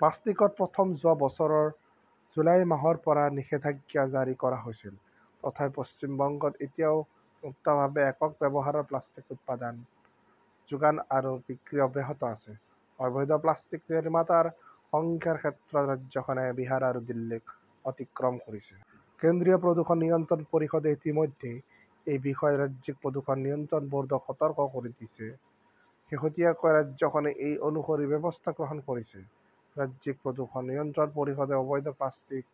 প্লাষ্টিকত প্ৰথম যোৱা বছৰৰ জুলাই মাহৰ পৰা নিষেধাজ্ঞা জাৰি কৰা হৈছিল। তথাপিও পশ্চিম বংগত এতিয়াও মুক্তভাৱে একক ব্যৱহাৰৰ প্লাষ্টিক উৎপাদন, যোগান আৰু বিক্ৰী অব্যাহত আছে। অবৈধ প্লাষ্টিক নিৰ্মাতাৰ সংখ্যাৰ ক্ষেত্ৰত ৰাজ্যখনে বিহাৰ আৰু দিল্লীক অতিক্ৰম কৰিছে। কেন্দ্ৰীয় প্ৰদূষণ নিয়ন্ত্ৰণ পৰিষদে ইতিমধ্যে এই বিষয়ত ৰাজ্যিক প্ৰদূষণ নিয়ন্ত্ৰণ বৰ্ডক সতৰ্ক কৰি দিছে। শেহতীয়াকৈ ৰাজ্যখনে সেই অনুসৰি ব্যৱস্থা গ্ৰহণ কৰিছে। ৰাজ্যিক প্ৰদূষণ নিয়ন্ত্ৰণ পৰিষদে অবৈধ প্লাষ্টিক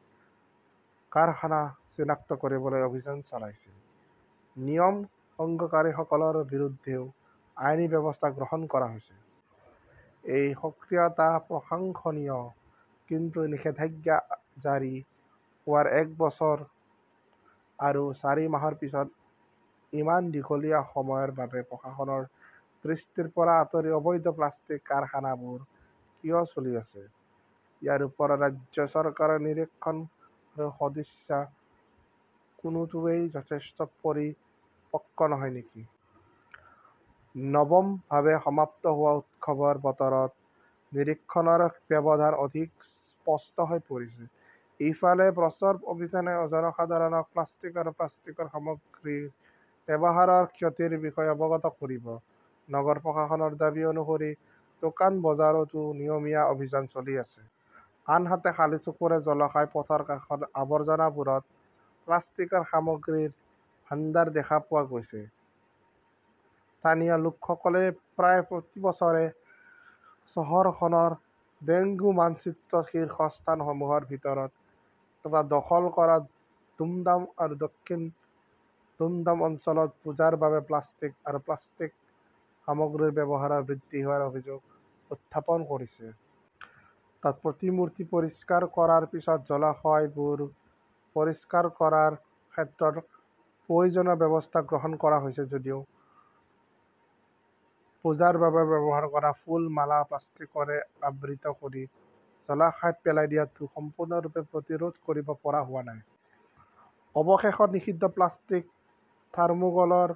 কাৰখানা চিনাক্ত কৰিবলৈ অভিযান চলাইছিল। নিয়ম ভংগকাৰীসকলৰ বিৰুদ্ধেও আইনী ব্যৱস্থা গ্ৰহণ কৰা হৈছে। এই সক্ৰিয়তা প্ৰশংসনীয়। কিন্তু, নিষেধাজ্ঞা জাৰি হোৱাৰ এক বছৰ আৰু চাৰি মাহৰ পিছত-ইমান দীঘলীয়া সময়ৰ বাবে প্ৰশাসনৰ দৃষ্টিৰ পৰা আঁতৰি অবৈধ প্লাষ্টিক কাৰখানাবোৰ কিয় চলি আছে? ইয়াৰ ওপৰত ৰাজ্য চৰকাৰৰ নিৰীক্ষণ আৰু সদিচ্ছা, কোনোটোৱেই যথেষ্ট পৰিপক্ক নহয় নেকি? নৱমভাৱে সমাপ্ত হোৱা উৎসৱৰ বতৰত নিৰীক্ষণৰ ব্যৱধান অধিক স্পষ্ট হৈ পৰিছে। এফালে, প্ৰচাৰ অভিযানে জনসাধাৰণক প্লাষ্টিক আৰু প্লাষ্টিকৰ সামগ্ৰীৰ ব্যৱহাৰৰ ক্ষতিৰ বিষয়ে অৱগত কৰিব, নগৰ প্ৰশাসনৰ দাবী অনুসৰি দোকান-বজাৰতো নিয়মীয়া অভিযান চলি আছে। আনহাতে, খালী চকুৰে জলাশয়, পথৰ কাষৰ আৱৰ্জনাবোৰত প্লাষ্টিকৰ সামগ্ৰীৰ ভাণ্ডাৰ দেখা পোৱা গৈছে। স্থানীয় লোকসকলে প্ৰায় প্ৰতি বছৰে চহৰখনৰ ডেংগু মানচিত্ৰত শীৰ্ষ স্থানসমূহৰ ভিতৰত এটা দখল কৰা দুমডাম আৰু দক্ষিণ দুমডাম অঞ্চলত পূজাৰ বাবে প্লাষ্টিক আৰু প্লাষ্টিক সামগ্ৰীৰ ব্যৱহাৰ বৃদ্ধি হোৱাৰ অভিযোগ উত্থাপন কৰিছে। তাত প্ৰতিমূৰ্তি পৰিষ্কাৰ কৰাৰ পিছত জলাশয়বোৰ পৰিষ্কাৰ কৰাৰ ক্ষেত্ৰত প্ৰয়োজনীয় ব্যৱস্থা গ্ৰহণ কৰা হৈছে যদিও পূজাৰ বাবে ব্যৱহাৰ কৰা ফুল, মালা প্লাষ্টিকৰে আবৃত কৰি জলাশয়ত পেলাই দিয়াটো সম্পূৰ্ণৰূপে প্ৰতিৰোধ কৰিব পৰা হোৱা নাই। অৱশেষত, নিষিদ্ধ প্লাষ্টিক, থাৰ্মোক্লৰ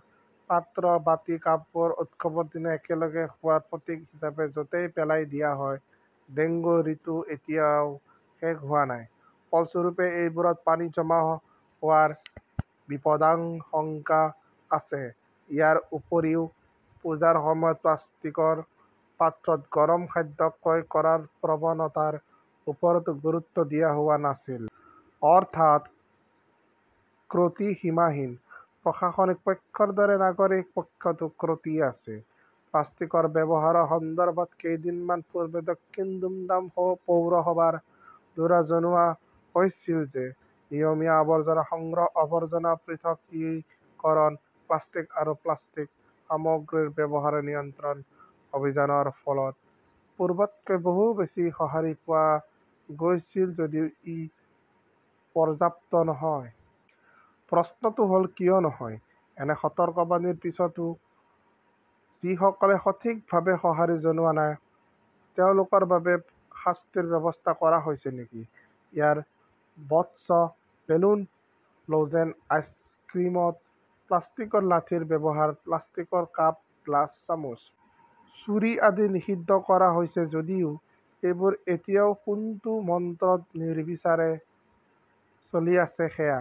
পাত্ৰ, বাটি, কাপবোৰ উৎসৱৰ দিনা একেলগে খোৱাৰ প্ৰতীক হিচাপে যতেই পেলাই দিয়া হয়। ডেংগুৰ ঋতু এতিয়াও শেষ হোৱা নাই। ফলস্বৰূপে, সেইবোৰত পানী জমা হোৱাৰ বিপদাশংকা আছে । ইয়াৰ উপৰিও পূজাৰ সময়ত প্লাষ্টিকৰ পাত্ৰত গৰম খাদ্য ক্ৰয় কৰাৰ প্ৰৱণতাৰ ওপৰতো গুৰুত্ব দিয়া হোৱা নাছিল। অৰ্থাৎ, ত্ৰুটি সীমাহীন। প্ৰশাসনিক পক্ষৰ দৰে নাগৰিক পক্ষতো ত্ৰুটি আছে। প্লাষ্টিকৰ ব্যৱহাৰৰ সন্দৰ্ভত কেইদিনমান পূৰ্বে দক্ষিণ দুমডাম পৌৰসভাৰ দ্বাৰা জনোৱা হৈছিল যে নিয়মীয়া আৱৰ্জনা সংগ্ৰহ, আৱৰ্জনা পৃথকীকৰণ, প্লাষ্টিক আৰু প্লাষ্টিক সামগ্ৰীৰ ব্যৱহাৰ নিয়ন্ত্ৰণ অভিযানৰ ফলত পূৰ্বতকৈ বহু বেছি সঁহাৰি পোৱা গৈছিল যদিও ই পৰ্যাপ্ত নহয়। প্ৰশ্নটো হ ল, কিয় নহয়? এনে সতৰ্কবাণীৰ পিছতো যিসকলে সঠিকভাৱে সঁহাৰি জনোৱা নাই তেওঁলোকৰ বাবে শাস্তিৰ ব্যৱস্থা কৰা হৈছে নেকি? 'ইয়ৰ বডছ ", বেলুন, ল"জেন, আইচক্ৰীমত প্লাষ্টিকৰ লাঠিৰ ব্যৱহাৰ, প্লাষ্টিকৰ কাপ, গ্লাছ, চামুচ, ছুৰী আদি নিষিদ্ধ কৰা হৈছে যদিও এইবোৰ এতিয়াও কোনটো মন্ত্ৰত নিৰ্বিচাৰে চলি আছে সেয়া